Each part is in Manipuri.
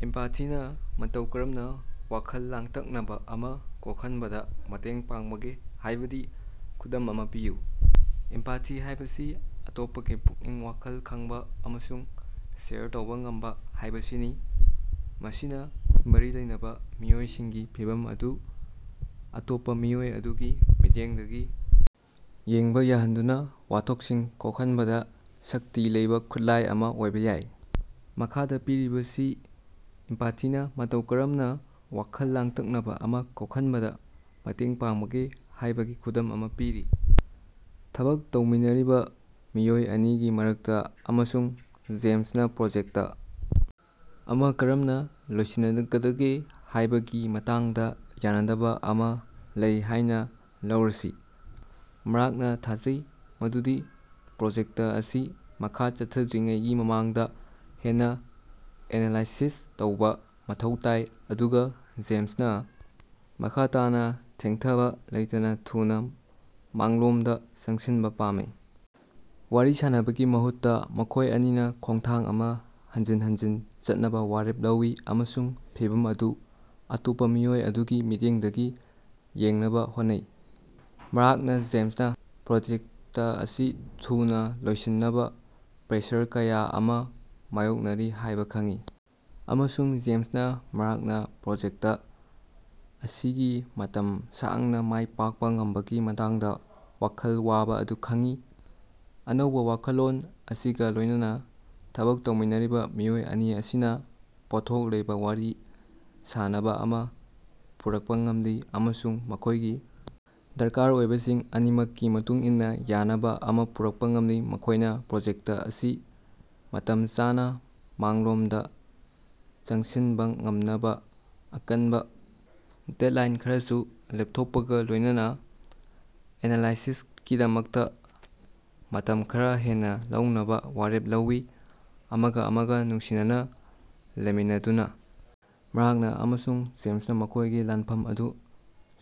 ꯏꯝꯄꯥꯊꯤꯅ ꯃꯇꯧ ꯀꯔꯝꯅ ꯋꯥꯈꯜ ꯂꯥꯡꯇꯛꯅꯕ ꯑꯃ ꯀꯣꯛꯍꯟꯕꯗ ꯃꯇꯦꯡ ꯄꯥꯡꯕꯒꯦ ꯍꯥꯏꯕꯒꯤ ꯈꯨꯗꯝ ꯑꯃ ꯄꯤꯌꯨ꯫ ꯏꯝꯄꯥꯊꯤ ꯍꯥꯏꯕꯁꯤ ꯑꯇꯣꯞꯄꯒꯤ ꯄꯨꯛꯅꯤꯡ-ꯋꯥꯈꯜ ꯈꯪꯕ ꯑꯃꯁꯨꯡ ꯁꯦꯌꯔ ꯇꯧꯕ ꯉꯝꯕ ꯍꯥꯏꯕꯁꯤꯅꯤ꯫ ꯃꯁꯤꯅ ꯃꯔꯤ ꯂꯩꯅꯕ ꯃꯤꯑꯣꯏꯁꯤꯡꯒꯤ ꯐꯤꯚꯝ ꯑꯗꯨ ꯑꯇꯣꯞꯄ ꯃꯤꯑꯣꯏ ꯑꯗꯨꯒꯤ ꯃꯤꯠꯌꯦꯡꯗꯒꯤ ꯌꯦꯡꯕ ꯌꯥꯍꯟꯗꯨꯅꯥ ꯋꯥꯊꯣꯛꯁꯤꯡ ꯀꯣꯛꯍꯟꯕꯗ ꯁꯛꯇꯤ ꯂꯩꯕ ꯈꯨꯠꯂꯥꯏ ꯑꯃ ꯑꯣꯏꯕ ꯌꯥꯏ꯫ ꯃꯈꯥꯗ ꯄꯤꯔꯤꯕꯁꯤ ꯏꯝꯄꯥꯊꯤꯅ ꯃꯇꯧ ꯀꯔꯝꯅ ꯋꯥꯈꯜ ꯂꯥꯡꯇꯛꯅꯕ ꯑꯃ ꯀꯣꯛꯍꯟꯕꯗ ꯃꯇꯦꯡ ꯄꯥꯡꯕꯒꯦ ꯍꯥꯏꯕꯒꯤ ꯈꯨꯗꯝ ꯑꯃ ꯄꯤꯔꯤ: ꯊꯕꯛ ꯇꯧꯃꯤꯟꯅꯔꯤꯕ ꯃꯤꯑꯣꯏ ꯑꯅꯤꯒꯤ ꯃꯔꯛꯇ ꯑꯃꯁꯨꯡ ꯖꯦꯝꯁꯅ ꯄ꯭ꯔꯣꯖꯦꯛꯇ ꯑꯃ ꯀꯔꯝꯅ ꯂꯣꯏꯁꯤꯟꯅꯒꯗꯒꯦ ꯍꯥꯏꯕꯒꯤ ꯃꯇꯥꯡꯗ ꯌꯥꯅꯗꯕ ꯑꯃ ꯂꯩ ꯍꯥꯏꯅ ꯂꯧꯔꯁꯤ꯫ ꯃ꯭ꯥꯔꯛꯅ ꯊꯥꯖꯩ ꯃꯗꯨꯗꯤ ꯄ꯭ꯔꯣꯖꯦꯛꯇ ꯑꯁꯤ ꯃꯈꯥ ꯆꯠꯊꯗ꯭ꯔꯤꯉꯩꯒꯤ ꯃꯃꯥꯡꯗ ꯍꯦꯟꯅ ꯑꯦꯅꯂꯥꯏꯁꯤꯁ ꯇꯧꯕ ꯃꯊꯧ ꯇꯥꯏ, ꯑꯗꯨꯒ ꯖꯦꯝꯁꯅ ꯃꯈ ꯇꯥꯅ ꯊꯦꯡꯊꯕ ꯂꯩꯇꯅ ꯊꯨꯅ ꯃꯥꯡꯂꯣꯝꯗ ꯆꯪꯁꯤꯟꯕ ꯄꯥꯝꯃꯤ꯫ ꯋꯥꯔꯤ ꯁꯥꯟꯅꯕꯒꯤ ꯃꯍꯨꯠꯇ ꯃꯈꯣꯏ ꯑꯅꯤꯅ ꯈꯣꯡꯊꯥꯡ ꯑꯃ ꯍꯟꯖꯤꯟ ꯍꯟꯖꯤꯟ ꯆꯠꯅꯕ ꯋꯥꯔꯦꯞ ꯂꯧꯏ ꯑꯃꯁꯨꯡ ꯐꯤꯚꯝ ꯑꯗꯨ ꯑꯇꯣꯞꯄ ꯃꯤꯑꯣꯏ ꯑꯗꯨꯒꯤ ꯃꯤꯠꯌꯦꯡꯗꯒꯤ ꯌꯦꯡꯅꯕ ꯍꯣꯠꯅꯩ꯫ ꯃ꯭ꯥꯔꯛꯅ ꯖꯦꯝꯁꯅ ꯄ꯭ꯔꯣꯖꯦꯛꯇ ꯑꯁꯤ ꯊꯨꯅ ꯂꯣꯏꯁꯤꯟꯅꯕ ꯄ꯭ꯔꯦꯁꯔ ꯀꯌꯥ ꯑꯃ ꯃꯥꯌꯣꯛꯅꯔꯤ ꯍꯥꯏꯕ ꯈꯪꯏ ꯑꯃꯁꯨꯡ ꯖꯦꯝꯁꯅ ꯃ꯭ꯥꯔꯛꯅ ꯄ꯭ꯔꯣꯖꯦꯛꯇ ꯑꯁꯤꯒꯤ ꯃꯇꯝ ꯁꯥꯡꯅ ꯃꯥꯏ ꯄꯥꯛꯄ ꯉꯝꯕꯒꯤ ꯃꯇꯥꯡꯗ ꯋꯥꯈꯜ ꯋꯥꯕ ꯑꯗꯨ ꯈꯪꯏ꯫ ꯑꯅꯧꯕ ꯋꯥꯈꯜꯂꯣꯟ ꯑꯁꯤꯒ ꯂꯣꯏꯅꯅ ꯊꯕꯛ ꯇꯧꯃꯤꯟꯅꯔꯤꯕ ꯃꯤꯑꯣꯏ ꯑꯅꯤ ꯑꯁꯤꯅ ꯄꯣꯠꯊꯣꯛ ꯂꯩꯕ ꯋꯥꯔꯤ ꯁꯥꯅꯕ ꯑꯃ ꯄꯨꯔꯛꯄ ꯉꯝꯂꯤ ꯑꯃꯁꯨꯡ ꯃꯈꯣꯏꯒꯤ ꯗꯔꯀꯥꯔ ꯑꯣꯏꯕꯁꯤꯡ ꯑꯅꯤꯃꯛꯀꯤ ꯃꯇꯨꯡ ꯏꯟꯅ ꯌꯥꯅꯕ ꯑꯃ ꯄꯨꯔꯛꯄ ꯉꯝꯂꯤ꯫ ꯃꯈꯣꯏꯅ ꯄ꯭ꯔꯣꯖꯦꯛꯇ ꯑꯁꯤ ꯃꯇꯝ ꯆꯥꯅ ꯃꯥꯡꯂꯣꯝꯗ ꯆꯪꯁꯤꯟꯕ ꯉꯝꯅꯕ ꯑꯀꯟꯕ ꯗꯦꯗꯂꯥꯏꯟ ꯈꯔꯁꯨ ꯂꯦꯞꯊꯣꯛꯄꯒ ꯂꯣꯏꯅꯅ ꯑꯦꯅꯂꯥꯏꯁꯤꯁꯀꯤꯗꯃꯛꯇ ꯃꯇꯝ ꯈꯔ ꯍꯦꯟꯅ ꯂꯧꯅꯕ ꯋꯥꯔꯦꯞ ꯂꯧꯏ꯫ ꯑꯃꯒ ꯑꯃꯒ ꯅꯨꯡꯁꯤꯅꯅ ꯂꯩꯃꯤꯟꯅꯗꯨꯅ ꯃ꯭ꯥꯔꯛ ꯑꯃꯁꯨꯡ ꯖꯦꯝꯁꯅ ꯃꯈꯣꯏꯒꯤ ꯂꯥꯟꯐꯝ ꯑꯗꯨ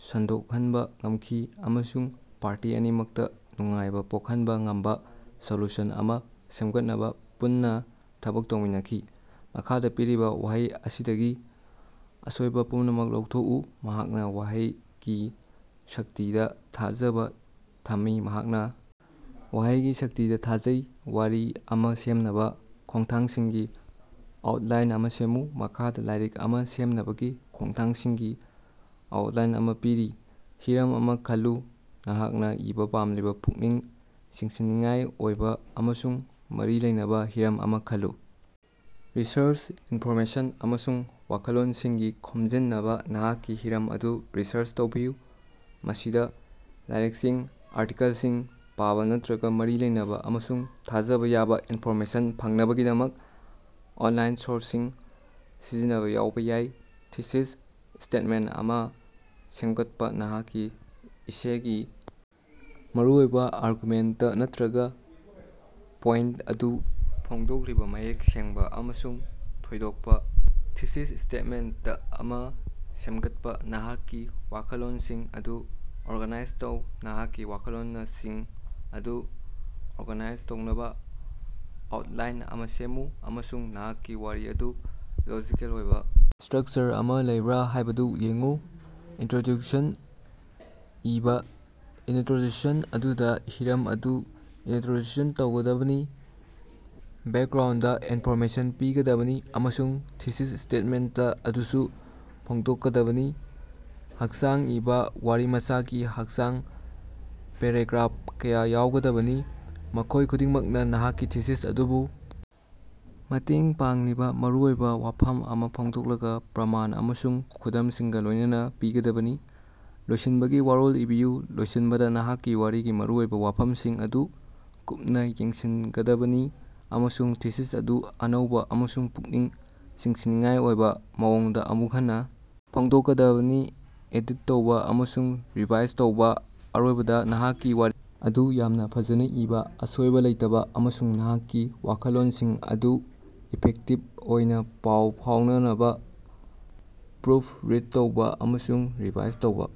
ꯁꯟꯗꯣꯛꯍꯟꯕ ꯉꯝꯈꯤ ꯑꯃꯁꯨꯡ ꯄꯥꯔꯇꯤ ꯑꯅꯤꯃꯛꯇ ꯅꯨꯡꯉꯥꯏꯕ ꯄꯣꯛꯍꯟꯕ ꯉꯝꯕ ꯁꯣꯂꯨꯁꯟ ꯑꯃ ꯁꯦꯝꯒꯠꯅꯕ ꯄꯨꯟꯅ ꯊꯕꯛ ꯇꯧꯃꯤꯟꯅꯈꯤ꯫ ꯃꯈꯥꯗ ꯄꯤꯔꯤꯕ ꯋꯥꯍꯩ ꯑꯁꯤꯗꯒꯤ ꯑꯁꯣꯏꯕ ꯄꯨꯝꯅꯃꯛ ꯂꯧꯊꯣꯛꯎ꯫ "ꯃꯍꯥꯛꯅ ꯋꯥꯍꯩꯒꯤ ꯁꯛꯇꯤꯗ ꯊꯥꯖꯕ ꯊꯝꯃꯤ"꯫ ꯃꯍꯥꯛꯅ ꯋꯥꯍꯩꯒꯤ ꯁꯛꯇꯤꯗ ꯊꯥꯖꯩ꯫ ꯋꯥꯔꯤ ꯑꯃ ꯁꯦꯝꯅꯕ ꯈꯣꯡꯊꯥꯡꯁꯤꯡꯒꯤ ꯑꯥꯎꯇꯂꯥꯏꯟ ꯑꯃ ꯁꯦꯝꯃꯨ꯫ ꯃꯈꯥꯗ ꯂꯥꯏꯔꯤꯛ ꯑꯃ ꯁꯦꯝꯅꯕꯒꯤ ꯈꯣꯡꯊꯥꯡꯁꯤꯡꯒꯤ ꯑꯥꯎꯇꯂꯥꯏꯟ ꯑꯃ ꯄꯤꯔꯤ ꯍꯤꯔꯝ ꯑꯃ ꯈꯜꯂꯨ ꯅꯍꯥꯛꯅ ꯏꯕ ꯄꯥꯝꯂꯤꯕ ꯄꯨꯛꯅꯤꯡ ꯆꯤꯡꯁꯤꯟꯅꯤꯡꯉꯥꯏ ꯑꯣꯏꯕ ꯑꯃꯁꯨꯡ ꯃꯔꯤ ꯂꯩꯅꯕ ꯍꯤꯔꯝ ꯑꯃ ꯈꯜꯂꯨ꯫ ꯔꯤꯁꯔꯆ: ꯏꯟꯐꯣꯔꯃꯦꯁꯟ ꯑꯃꯁꯨꯡ ꯋꯥꯈꯜꯂꯣꯟꯁꯤꯡ ꯈꯣꯝꯖꯤꯟꯅꯕ ꯅꯍꯥꯛꯀꯤ ꯍꯤꯔꯝ ꯑꯗꯨ ꯔꯤꯁꯔꯆ ꯇꯧꯕꯤꯌꯨ꯫ ꯃꯁꯤꯗ ꯂꯥꯏꯔꯤꯛꯁꯤꯡ, ꯑꯥꯔꯇꯤꯀꯜꯁꯤꯡ ꯄꯥꯕ ꯅꯠꯇ꯭ꯔꯒ ꯃꯔꯤ ꯂꯩꯅꯕ ꯑꯃꯁꯨꯡ ꯊꯥꯖꯕ ꯌꯥꯕ ꯏꯟꯐꯣꯔꯃꯦꯁꯟ ꯐꯪꯅꯕꯒꯤꯗꯃꯛ ꯑꯣꯟꯂꯥꯏꯟ ꯁꯣꯔꯁꯁꯤꯡ ꯁꯤꯖꯤꯟꯅꯕ ꯌꯥꯎꯕ ꯌꯥꯏ꯫ ꯊꯤꯁꯤꯁ ꯁ꯭ꯇꯦꯠꯃꯦꯟꯇ ꯑꯃ ꯁꯦꯝꯒꯠꯄ: ꯅꯍꯥꯛꯀꯤ ꯏꯁꯦꯒꯤ ꯃꯔꯨꯑꯣꯏꯕꯥ ꯑꯥꯔꯒꯨꯃꯦꯟꯇ ꯅꯠꯇꯔꯒ ꯄꯣꯏꯟꯇ ꯑꯗꯨ ꯐꯣꯡꯗꯣꯛꯂꯤꯕ ꯃꯌꯦꯛ ꯁꯦꯡꯕ ꯑꯃꯁꯨꯡ ꯊꯣꯏꯗꯣꯛꯄ ꯊꯤꯁꯤꯁ ꯁ꯭ꯇꯦꯠꯃꯦꯟꯇ ꯑꯃ ꯁꯦꯝꯒꯠꯄ꯫ ꯅꯍꯥꯛꯀꯤ ꯋꯥꯈꯜꯂꯣꯟꯁꯤꯡ ꯑꯗꯨ ꯑꯣꯔꯒꯅꯥꯏꯖ ꯇꯧ ꯅꯍꯥꯛꯀꯤ ꯋꯥꯈꯜꯂꯣꯅꯁꯤꯡ ꯑꯗꯨ ꯑꯣꯔꯒꯅꯥꯏꯖ ꯇꯧꯅꯕ ꯑꯥꯎꯇꯂꯥꯏꯟ ꯑꯃ ꯁꯦꯝꯃꯨ ꯑꯃꯁꯨꯡ ꯅꯍꯥꯛꯀꯤ ꯋꯥꯔꯤ ꯑꯗꯨ ꯂꯣꯖꯤꯀꯦꯜ ꯑꯣꯏꯕ ꯁ꯭ꯇꯔꯛꯆꯔ ꯑꯃ ꯂꯩꯕ꯭ꯔꯥ ꯍꯥꯏꯕꯗꯨ ꯌꯦꯡꯎ꯫ ꯏꯅꯇ꯭ꯔꯣꯗ꯭ꯌꯨꯁꯟ ꯏꯕ ꯏꯅꯇ꯭ꯔꯣꯗ꯭ꯌꯨꯁꯟ ꯑꯗꯨꯗ ꯍꯤꯔꯝ ꯑꯗꯨ ꯏꯅꯇ꯭ꯔꯣꯗ꯭ꯌꯨꯁꯟ ꯇꯧꯒꯗꯕꯅꯤ, ꯕꯦꯛꯒ꯭ꯔꯥꯎꯟꯗ ꯏꯟꯐꯣꯔꯃꯦꯁꯟ ꯄꯤꯒꯗꯕꯅꯤ ꯑꯃꯁꯨꯡ ꯊꯤꯁꯤꯁ ꯁ꯭ꯇꯦꯠꯃꯦꯟꯇ ꯑꯗꯨꯁꯨ ꯐꯣꯡꯗꯣꯛꯀꯗꯕꯅꯤ꯫ ꯍꯛꯆꯥꯡ ꯏꯕ: ꯋꯥꯔꯤꯃꯆꯥꯒꯤ ꯍꯛꯆꯥꯡꯗ ꯄꯦꯔꯥꯒ꯭ꯔꯥꯐ ꯀꯌ ꯌꯥꯎꯒꯗꯕꯅꯤ, ꯃꯈꯣꯏ ꯈꯨꯗꯤꯡꯃꯛꯅ ꯅꯍꯥꯛꯀꯤ ꯊꯤꯁꯤꯁ ꯑꯗꯨꯕꯨ ꯃꯇꯦꯡ ꯄꯥꯡꯂꯤꯕ ꯃꯔꯨꯑꯣꯏꯕ ꯋꯥꯐꯝ ꯑꯃ ꯐꯣꯡꯗꯣꯛꯂꯒ, ꯄ꯭ꯔꯃꯥꯟ ꯑꯃꯁꯨꯡ ꯈꯨꯗꯝꯁꯤꯡꯒ ꯂꯣꯏꯅꯅ ꯄꯤꯒꯗꯕꯅꯤ꯫ ꯂꯣꯏꯁꯤꯟꯕꯒꯤ ꯋꯥꯔꯣꯜ ꯏꯕꯤꯌꯨ: ꯂꯣꯏꯁꯤꯟꯕꯗ ꯅꯍꯥꯛꯀꯤ ꯋꯥꯔꯤꯒꯤ ꯃꯔꯨꯑꯣꯏꯕ ꯋꯥꯐꯝꯁꯤꯡ ꯑꯗꯨ ꯀꯨꯞꯅ ꯌꯦꯡꯁꯤꯟꯒꯗꯕꯅꯤ ꯑꯃꯁꯨꯡ ꯊꯤꯁꯤꯁ ꯑꯗꯨ ꯑꯅꯧꯕ ꯑꯃꯁꯨꯡ ꯄꯨꯛꯅꯤꯡ ꯆꯤꯡꯁꯤꯟꯅꯤꯡꯉꯥꯏ ꯑꯣꯏꯕ ꯃꯑꯣꯡꯗ ꯑꯃꯨꯛ ꯍꯟꯅ ꯐꯣꯡꯗꯣꯛꯀꯗꯕꯅꯤ꯫ ꯑꯦꯗꯤꯠ ꯇꯧꯕ ꯑꯃꯁꯨꯡ ꯔꯤꯚꯥꯏꯁ ꯇꯧꯕ: ꯑꯔꯣꯏꯕꯗ, ꯅꯍꯥꯛꯀꯤ ꯋꯥꯔꯤ ꯑꯗꯨ ꯌꯥꯝꯅ ꯐꯖꯅ ꯏꯕ, ꯑꯁꯣꯏꯕ ꯂꯩꯇꯕ ꯑꯃꯁꯨꯡ ꯅꯍꯥꯛꯀꯤ ꯋꯥꯈꯜꯂꯣꯟꯁꯤꯡ ꯑꯗꯨ ꯏꯐꯦꯛꯇꯤꯚ ꯑꯣꯏꯅ ꯄꯥꯎ ꯐꯥꯎꯅꯅꯕ ꯄ꯭ꯔꯨꯐ ꯔꯤꯗ ꯇꯧꯕ ꯑꯃꯁꯨꯡ ꯔꯤꯚꯥꯏꯁ ꯇꯧꯕ꯫